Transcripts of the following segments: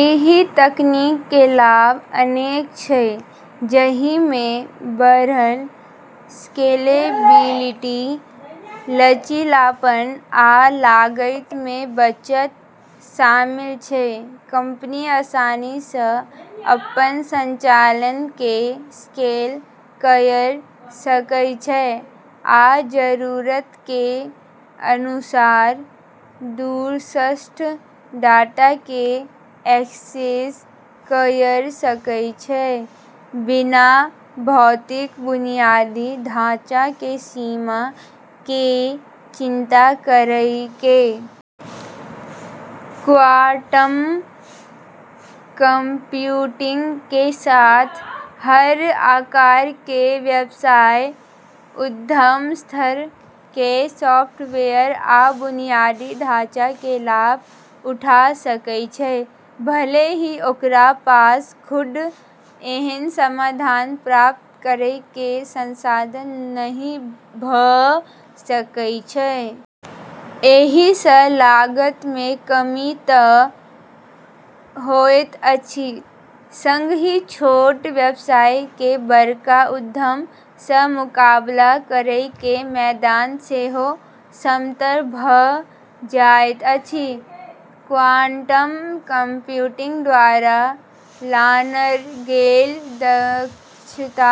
एहि तकनीक के लाभ अनेक छै, जहि में बढ़ल स्केलेबिलिटी, लचीलापन, आ लागत में बचत शामिल छै। कंपनी आसानी सँ अपन संचालन के स्केल कयर सकय छै आ जरूरत के अनुसार दूरस्थ डाटा के एक्सेस कयर सकय छै, बिना भौतिक बुनियादी ढाँचा के सीमा के चिंता करय के। क्वांटम कंप्यूटिंग के साथ हर आकार के व्यवसाय उद्यम स्तर के सॉफ्टवेयर आ बुनियादी ढाँचा के लाभ उठा सकय छै, भले ही ओकरा पास खुद एहन समाधान प्राप्त करय के संसाधन नहि भऽ सकय छै। एहि सँ लागत में कमी तऽ होएत अछि संगहि छोट व्यवसाय के बड़का उद्यम से मुकाबला करय के मैदान सेहो समतल भऽ जाएत अछि। क्वांटम कंप्यूटिंग द्वारा लानल गेल दक्षता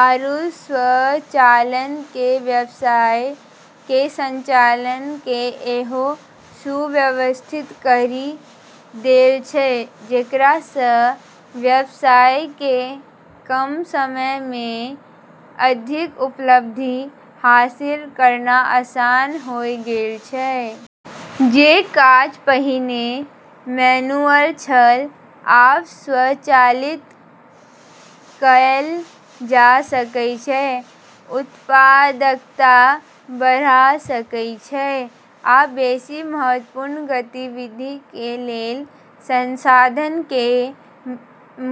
आरू स्वचालन ने व्यवसाय के संचालन के सेहो सुव्यवस्थित करी देल छै, जेकरा सँ व्यवसाय के कम समय में अधिक उपलब्धि हासिल करना आसान होय गेल छै। जे काज पहिने मैनुअल छल, आब स्वचालित कएल जा सकय छै, उत्पादकता बढ़ा सकय छै, आ बेसि महत्वपूर्ण गतिविधि के लेल संसाधन के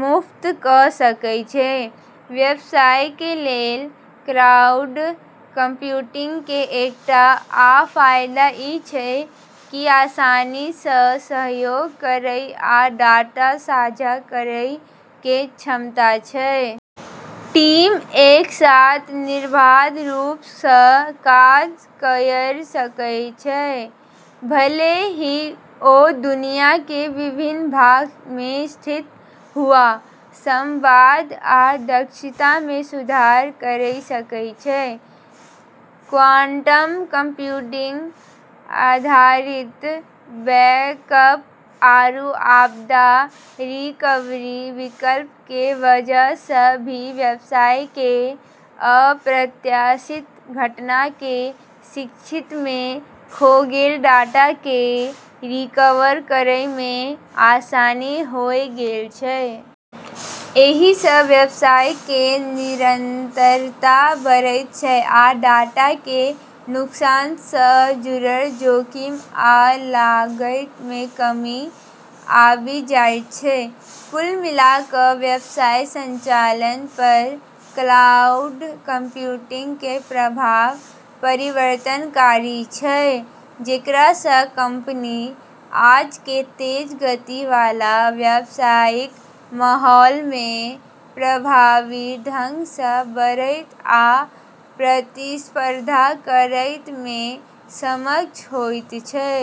मुक्त क' सकैत छै। व्यवसाय के लेल क्लाउड कंप्यूटिंग के एकटा आ फायदा ई छै कि आसानी सँ सहयोग करय आ डाटा साझा करय के क्षमता छै। टीम एक साथ निर्बाध रूप सँ काज कयर सकय छै, भले ही ओ दुनिया के विभिन्न भाग में स्थित हुआ, संवाद आ दक्षता में सुधार करय सकय छै। क्वांटम कंप्यूटिंग आधारित बैकअप आरू आपदा रिकवरी विकल्प के वजह सँ भी व्यवसाय के अप्रत्याशित घटना के स्थिति में खो गेल डाटा के रिकवर करै में आसानी होय गेल छै। एहि सँ व्यवसाय के निरंतरता बढ़ैत छै आ डाटा के नुकसान सँ जुड़ल जोखिम आ लागत में कमी आबि जाइत छै। कुल मिला कऽ व्यवसाय संचालन पर क्लाउड कंप्यूटिंग के प्रभाव परिवर्तनकारी छै, जेकरा सँ कंपनी आज के तेज गति वाला व्यावसायिक माहौल में प्रभावी ढंग सँ बढ़ै आ प्रतिस्पर्धा करै में सक्षम होइत छै।